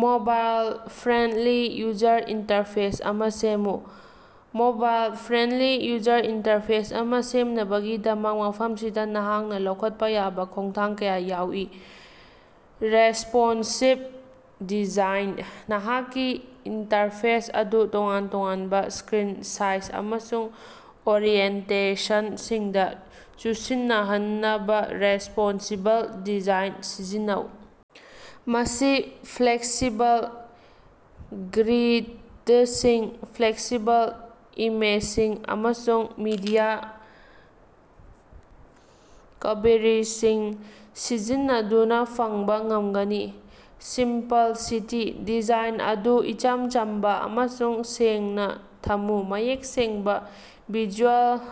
Mobile friendly user interface ꯑꯃ ꯁꯦꯝꯃꯨ꯫ Mobile friendly user interface ꯑꯃ ꯁꯦꯝꯅꯕꯒꯤꯗꯃꯛ, ꯃꯐꯝꯁꯤꯗ ꯅꯍꯥꯛꯅ ꯂꯧꯈꯠꯄ ꯌꯥꯕ ꯈꯣꯡꯊꯥꯡ ꯀꯌꯥ ꯌꯥꯎꯏ꯫ ꯔꯦꯁ꯭ꯄꯣꯟꯁꯤꯚ ꯗꯤꯖꯥꯏꯟ: ꯅꯍꯥꯛꯀꯤ ꯏꯟꯇꯔꯐꯦꯁ ꯑꯗꯨ ꯇꯣꯉꯥꯟ-ꯇꯣꯉꯥꯟꯕ ꯁ꯭ꯀꯔꯤꯟ ꯁꯥꯏꯖ ꯑꯃꯁꯨꯡ ꯑꯣꯔꯤꯑꯦꯟꯇꯦꯁꯟꯁꯤꯡꯗ ꯆꯨꯁꯤꯟꯅꯍꯟꯅꯕ ꯔꯦꯁ꯭ꯄꯣꯟꯁꯤꯕꯜ ꯗꯤꯖꯥꯏꯟ ꯁꯤꯖꯤꯟꯅꯧ꯫ ꯃꯁꯤ ꯐ꯭ꯂꯦꯛꯁꯤꯕꯜ ꯒ꯭ꯔꯤꯗꯁꯤꯡ, ꯐ꯭ꯂꯦꯛꯁꯤꯕꯜ ꯏꯃꯦꯖꯁꯤꯡ, ꯑꯃꯁꯨꯡ ꯃꯤꯗꯤꯌꯥ ꯀ꯭ꯕꯦꯔꯤꯁꯤꯡ ꯁꯤꯖꯤꯟꯅꯗꯨꯅ ꯐꯪꯕꯥ ꯉꯝꯒꯅꯤ꯫ ꯁꯤꯝꯄꯜꯁꯤꯇꯤ: ꯗꯤꯖꯥꯏꯟ ꯑꯗꯨ ꯏꯆꯝ ꯆꯝꯕ ꯑꯃꯁꯨꯡ ꯁꯦꯡꯅꯥ ꯊꯝꯃꯨ, ꯃꯌꯦꯛ ꯁꯦꯡꯕ ꯚꯤꯖꯨꯑꯦꯜ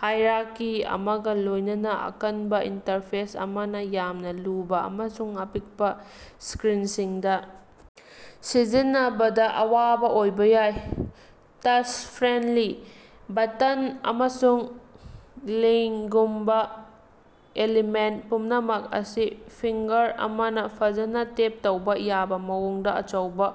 ꯍꯥꯏꯔꯀꯤ ꯑꯃꯒ ꯂꯣꯏꯅꯅ꯫ ꯑꯀꯟꯕ ꯏꯟꯇꯔꯐꯦꯁ ꯑꯃꯅꯥ ꯌꯥꯝꯅ ꯂꯨꯕ ꯑꯃꯁꯨꯡ ꯑꯄꯤꯛꯄ ꯁ꯭ꯀꯔꯤꯟꯁꯤꯡꯗ ꯁꯤꯖꯤꯟꯅꯕꯗ ꯑꯋꯥꯕ ꯑꯣꯏꯕ ꯌꯥꯏ꯫ ꯇꯆ-ꯐ꯭ꯔꯦꯟꯂꯤ: ꯕꯇꯟ ꯑꯃꯁꯨꯡ ꯂꯤꯡꯒꯨꯝꯕ ꯑꯦꯂꯤꯃꯦꯟ ꯄꯨꯝꯅꯃꯛ ꯑꯁꯤ ꯐꯤꯡꯒꯔ ꯑꯃꯅ ꯐꯖꯅ ꯇꯦꯞ ꯇꯧꯕ ꯌꯥꯕ ꯃꯑꯣꯡꯗ ꯑꯆꯧꯕ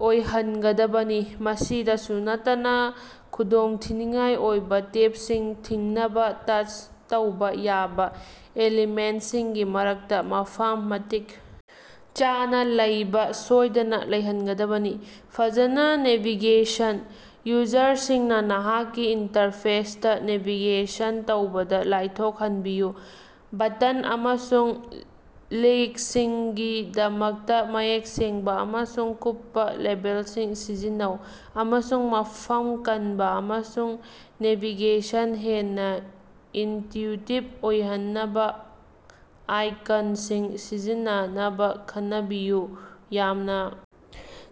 ꯑꯣꯏꯍꯟꯒꯗꯕꯅꯤ꯫ ꯃꯁꯤꯗꯁꯨ ꯅꯠꯇꯅ, ꯈꯨꯗꯣꯡꯊꯤꯅꯤꯉꯥꯏ ꯑꯣꯏꯕ ꯇꯦꯞꯁꯤꯡ ꯊꯤꯡꯅꯕ ꯇꯆ ꯇꯧꯕ ꯌꯥꯕ ꯑꯦꯂꯤꯃꯦꯟꯁꯤꯡꯒꯤ ꯃꯔꯛꯇ ꯃꯐꯝ ꯃꯇꯤꯛ ꯆꯥꯅꯥ ꯂꯩꯕ ꯁꯣꯏꯗꯅ ꯂꯩꯍꯟꯒꯗꯕꯅꯤ꯫ ꯐꯖꯅ ꯅꯦꯚꯤꯒꯦꯁꯟ: ꯌꯨꯖꯔꯁꯤꯡꯅ ꯅꯍꯥꯛꯀꯤ ꯏꯟꯇꯔꯐꯦꯁꯇ ꯅꯦꯚꯤꯒꯦꯁꯟ ꯇꯧꯕꯗ ꯂꯥꯏꯊꯣꯛꯍꯟꯕꯤꯌꯨ꯫ ꯕꯇꯟ ꯑꯃꯁꯨꯡ ꯂꯤꯡꯁꯤꯡꯒꯤꯗꯃꯛꯇ ꯃꯌꯦꯛ ꯁꯦꯡꯕ ꯑꯃꯁꯨꯡ ꯀꯨꯞꯄ ꯂꯦꯕꯦꯜꯁꯤꯡ ꯁꯤꯖꯤꯟꯅꯧ, ꯑꯃꯁꯨꯡ ꯃꯐꯝ ꯀꯟꯕ ꯑꯃꯁꯨꯡ ꯅꯦꯚꯤꯒꯦꯁꯟ ꯍꯦꯟꯅ ꯏꯟꯇꯌꯨꯇꯤꯕ ꯑꯣꯏꯍꯟꯅꯕ ꯑꯥꯏꯀꯟꯁꯤꯡ ꯁꯤꯖꯤꯟꯅꯅꯕ ꯈꯟꯅꯕꯤꯌꯨ꯫ ꯌꯥꯝꯅ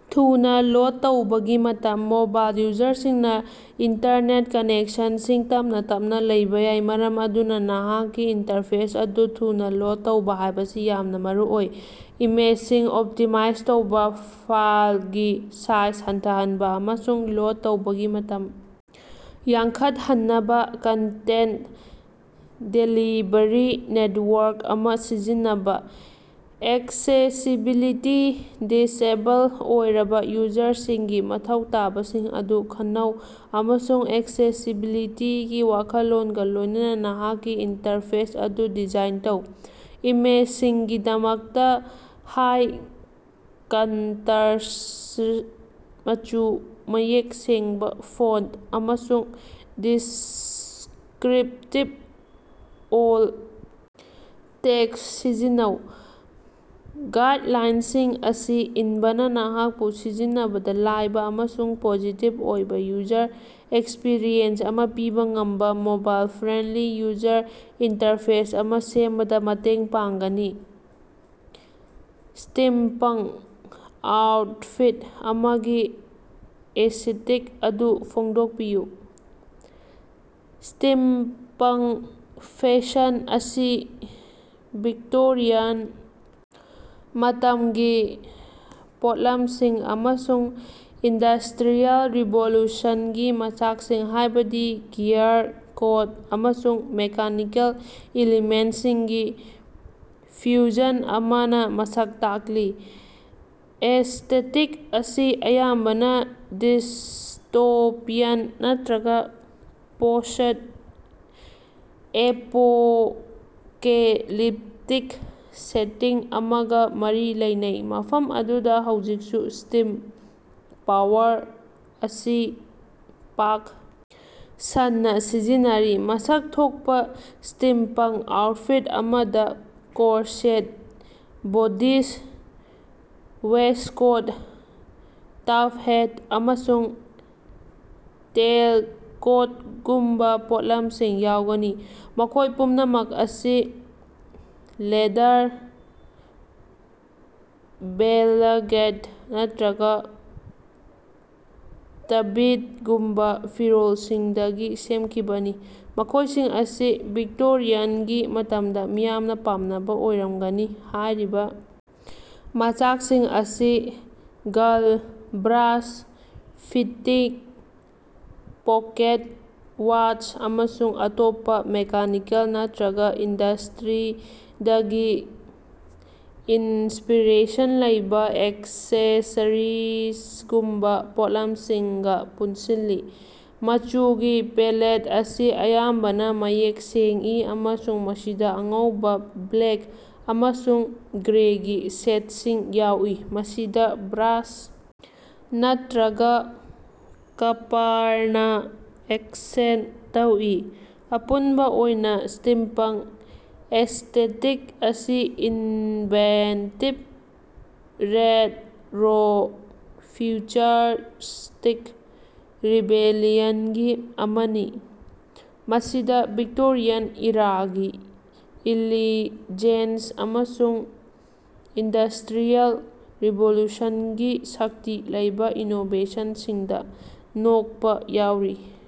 ꯊꯨꯅꯥ ꯂꯣꯗ ꯇꯧꯕꯒꯤ ꯃꯇꯝ: ꯃꯣꯕꯥꯏꯜ ꯌꯨꯖꯔꯁꯤꯡꯅ ꯏꯟꯇꯔꯅꯦꯠ ꯀꯅꯦꯛꯁꯟꯁꯤꯡ ꯇꯞꯅ ꯇꯞꯅ ꯂꯩꯕ ꯌꯥꯏ, ꯃꯔꯝ ꯑꯗꯨꯅ ꯅꯍꯥꯛꯀꯤ ꯏꯟꯇꯔꯐꯦꯁ ꯑꯗꯨ ꯊꯨꯅ ꯂꯣꯗ ꯇꯧꯕ ꯍꯥꯏꯕꯁꯤ ꯌꯥꯝꯅ ꯃꯔꯨꯑꯣꯏ꯫ ꯏꯃꯦꯖꯁꯤꯡ ꯑꯣꯞꯇꯤꯃꯥꯏꯖ ꯇꯧꯕ, ꯐꯥꯏꯜꯒꯤ ꯁꯥꯏꯖ ꯍꯟꯊꯍꯟꯕ, ꯑꯃꯁꯨꯡ ꯂꯣꯗ ꯇꯧꯕꯒꯤ ꯃꯇꯝ ꯌꯥꯡꯈꯠꯍꯟꯅꯕ ꯀꯟꯇꯦꯟ ꯗꯦꯂꯤꯚꯔꯤ ꯅꯦꯠꯋꯥꯔꯛ ꯑꯃ ꯁꯤꯖꯤꯟꯅꯕ꯫ ꯑꯦꯛꯁꯦꯁꯤꯕꯤꯂꯤꯇꯤ: ꯗꯤꯁꯑꯦꯕꯜ ꯑꯣꯏꯔꯕ ꯌꯨꯖꯔꯁꯤꯡꯒꯤ ꯃꯊꯧ ꯇꯥꯕꯁꯤꯡ ꯑꯗꯨ ꯈꯟꯅꯧ ꯑꯃꯁꯨꯡ ꯑꯦꯛꯁꯦꯁꯤꯕꯤꯂꯤꯇꯤꯒꯤ ꯋꯥꯈꯜꯂꯣꯟꯒ ꯂꯣꯏꯅꯅ ꯅꯍꯥꯛꯀꯤ ꯏꯟꯇꯔꯐꯦꯁ ꯑꯗꯨ ꯗꯤꯖꯥꯏꯟ ꯇꯧ꯫ ꯏꯃꯦꯖꯁꯤꯡꯒꯤꯗꯃꯛꯇ ꯍꯥꯏ ꯀꯟꯇꯔꯁ꯭ꯠ ꯃꯆꯨ, ꯃꯌꯦꯛ ꯁꯦꯡꯕ ꯐꯣꯟꯠ, ꯑꯃꯁꯨꯡ ꯗꯤꯁ꯭ꯀꯔꯤꯞꯇꯤꯕ ꯑꯣꯜ ꯇꯦꯛꯁ ꯁꯤꯖꯤꯟꯅꯧ꯫ ꯒꯥꯏꯠꯂꯥꯏꯟꯁꯤꯡ ꯑꯁꯤ ꯏꯟꯕꯅ ꯅꯍꯥꯛꯄꯨ ꯁꯤꯖꯤꯟꯅꯕꯗ ꯂꯥꯏꯕ ꯑꯃꯁꯨꯡ ꯄꯣꯖꯤꯇꯤꯚ ꯑꯣꯏꯕ ꯌꯨꯖꯔ ꯑꯦꯛꯁꯄꯤꯔꯤꯑꯦꯟꯁ ꯑꯃ ꯄꯤꯕ ꯉꯝꯕ ꯃꯣꯕꯥꯏꯜ-ꯐ꯭ꯔꯦꯟꯂꯤ ꯌꯨꯖꯔ ꯏꯟꯇꯔꯐꯦꯁ ꯑꯃꯥ ꯁꯦꯝꯕꯗ ꯃꯇꯦꯡ ꯄꯥꯡꯒꯅꯤ꯫ ꯁ꯭ꯇꯤꯝꯄꯪ ꯑꯥꯎꯠꯐꯤꯠ ꯑꯃꯒꯤ ꯑꯦꯁꯤꯇꯤꯛ ꯑꯗꯨ ꯐꯣꯡꯗꯣꯛꯄꯤꯌꯨ꯫ ꯁ꯭ꯇꯤꯝꯄꯪ ꯐꯦꯁꯟ ꯑꯁꯤ ꯚꯤꯛꯇꯣꯔꯤꯌꯥꯟ ꯃꯇꯝꯒꯤ ꯄꯣꯠꯂꯝꯁꯤꯡ ꯑꯃꯁꯨꯡ ꯏꯟꯗꯁ꯭ꯇꯔꯤꯌꯦꯜ ꯔꯤꯚꯣꯂꯨꯁꯟꯒꯤ ꯃꯆꯥꯛꯁꯤꯡ ꯍꯥꯏꯕꯗꯤ ꯒꯤꯌꯔ, ꯀꯣꯠ, ꯑꯃꯁꯨꯡ ꯃꯦꯀꯥꯅꯤꯀꯦꯜ ꯏꯂꯤꯃꯦꯟꯁꯤꯡꯒꯤ ꯐ꯭ꯌꯨꯖꯟ ꯑꯃꯅ ꯃꯁꯛ ꯇꯥꯛꯂꯤ꯫ ꯑꯦꯁ꯭ꯇꯦꯇꯤꯛ ꯑꯁꯤ ꯑꯌꯥꯝꯕꯅ ꯗꯤꯁ꯭ꯇꯣꯄꯤꯌꯟ ꯅꯠꯇ꯭ꯔꯒ ꯄꯣꯁ꯭ꯠ-ꯑꯦꯄꯣꯀꯦꯂꯤꯞꯇꯤꯛ ꯁꯦꯇꯤꯡ ꯑꯃꯒ ꯃꯔꯤ ꯂꯩꯅꯩ, ꯃꯐꯝ ꯑꯗꯨꯗ ꯍꯧꯖꯤꯛꯁꯨ ꯁ꯭ꯇꯤꯝ ꯄꯥꯋꯔ ꯑꯁꯤ ꯄꯥꯛ ꯁꯟꯅ ꯁꯤꯖꯤꯟꯅꯔꯤ꯫ ꯃꯁꯛ ꯊꯣꯛꯄ ꯁ꯭ꯇꯤꯝꯄꯪ ꯑꯥꯎꯠꯐꯤꯠ ꯑꯃꯗ corset, bodice, waistcoat, top hat, ꯑꯃꯁꯨꯡ ꯇꯦꯜꯀꯣꯠꯒꯨꯝꯕ ꯄꯣꯠꯂꯝꯁꯤꯡ ꯌꯥꯎꯒꯅꯤ, ꯃꯈꯣꯏ ꯄꯨꯝꯅꯃꯛ ꯑꯁꯤ ꯂꯦꯗꯔ, ꯚꯦꯂꯚꯦꯠ ꯅꯠꯇꯔꯒ ꯇ꯭ꯕꯤꯠꯒꯨꯝꯕ ꯐꯤꯔꯣꯜꯁꯤꯡꯗꯒꯤ ꯁꯦꯝꯈꯤꯕꯅꯤ, ꯃꯈꯣꯏꯁꯤꯡ ꯑꯁꯤ ꯚꯤꯛꯇꯣꯔꯤꯌꯥꯟꯒꯤ ꯃꯇꯝꯗ ꯃꯤꯌꯥꯝꯅ ꯄꯥꯝꯅꯕ ꯑꯣꯏꯔꯝꯒꯅꯤ꯫ ꯍꯥꯏꯔꯤꯕ ꯃꯆꯥꯛꯁꯤꯡ ꯑꯁꯤ ꯒꯜ, ꯕ꯭ꯔꯥꯁ ꯐꯤꯇꯤꯡ, ꯄꯣꯀꯦꯠ ꯋꯥꯆ, ꯑꯃꯁꯨꯡ ꯑꯇꯣꯞꯄ ꯃꯦꯀꯥꯅꯤꯀꯦꯜ ꯅꯠꯇꯔꯒ ꯏꯟꯗꯁ꯭ꯇꯔꯤꯗꯒꯤ ꯏꯟꯁ꯭ꯄꯤꯔꯦꯁꯟ ꯂꯩꯕ ꯑꯦꯛꯁꯦꯁꯔꯤꯖꯒꯨꯝꯕ ꯄꯣꯠꯂꯝꯁꯤꯡꯒ ꯄꯨꯟꯁꯤꯜꯂꯤ꯫ ꯃꯆꯨꯒꯤ ꯄꯦꯂꯦꯠ ꯑꯁꯤ ꯑꯌꯥꯝꯕꯅ ꯃꯌꯦꯛ ꯁꯦꯡꯏ ꯑꯃꯁꯨꯡ ꯃꯁꯤꯗ ꯑꯉꯧꯕ, ꯕ꯭ꯂꯦꯛ ꯑꯃꯁꯨꯡ ꯒ꯭ꯔꯦꯒꯤ ꯁꯦꯠꯁꯤꯡ ꯌꯥꯎꯏ, ꯃꯁꯤꯗ ꯕ꯭ꯔꯥꯁ ꯅꯠꯇ꯭ꯔꯒ ꯀꯄꯥꯔꯅ ꯑꯦꯛꯁꯦꯟ ꯇꯧꯏ꯫ ꯑꯄꯨꯟꯕ ꯑꯣꯏꯅ, ꯁ꯭ꯇꯤꯝꯄꯪ ꯑꯦꯁ꯭ꯇꯦꯇꯤꯛ ꯑꯁꯤ ꯏꯟꯚꯦꯟꯇꯤꯕ, ꯔꯦꯠꯔꯣ-ꯐ꯭ꯌꯨꯆꯔꯁ꯭ꯇꯤꯛ ꯔꯤꯕꯦꯂꯤꯌꯟꯒꯤ ꯑꯃꯅꯤ, ꯃꯁꯤꯗ ꯚꯤꯛꯇꯣꯔꯤꯌꯥꯟ ꯏꯔꯥꯒꯤ ꯏꯂꯤꯖꯦꯟꯁ ꯑꯃꯁꯨꯡ ꯏꯟꯗꯁ꯭ꯇꯔꯤꯌꯦꯜ ꯔꯤꯚꯣꯂꯨꯁꯟꯒꯤ ꯁꯛꯇꯤ ꯂꯩꯕ ꯏꯅꯣꯕꯦꯁꯟꯁꯤꯡꯗ ꯅꯣꯛꯄ ꯌꯥꯎꯔꯤ꯫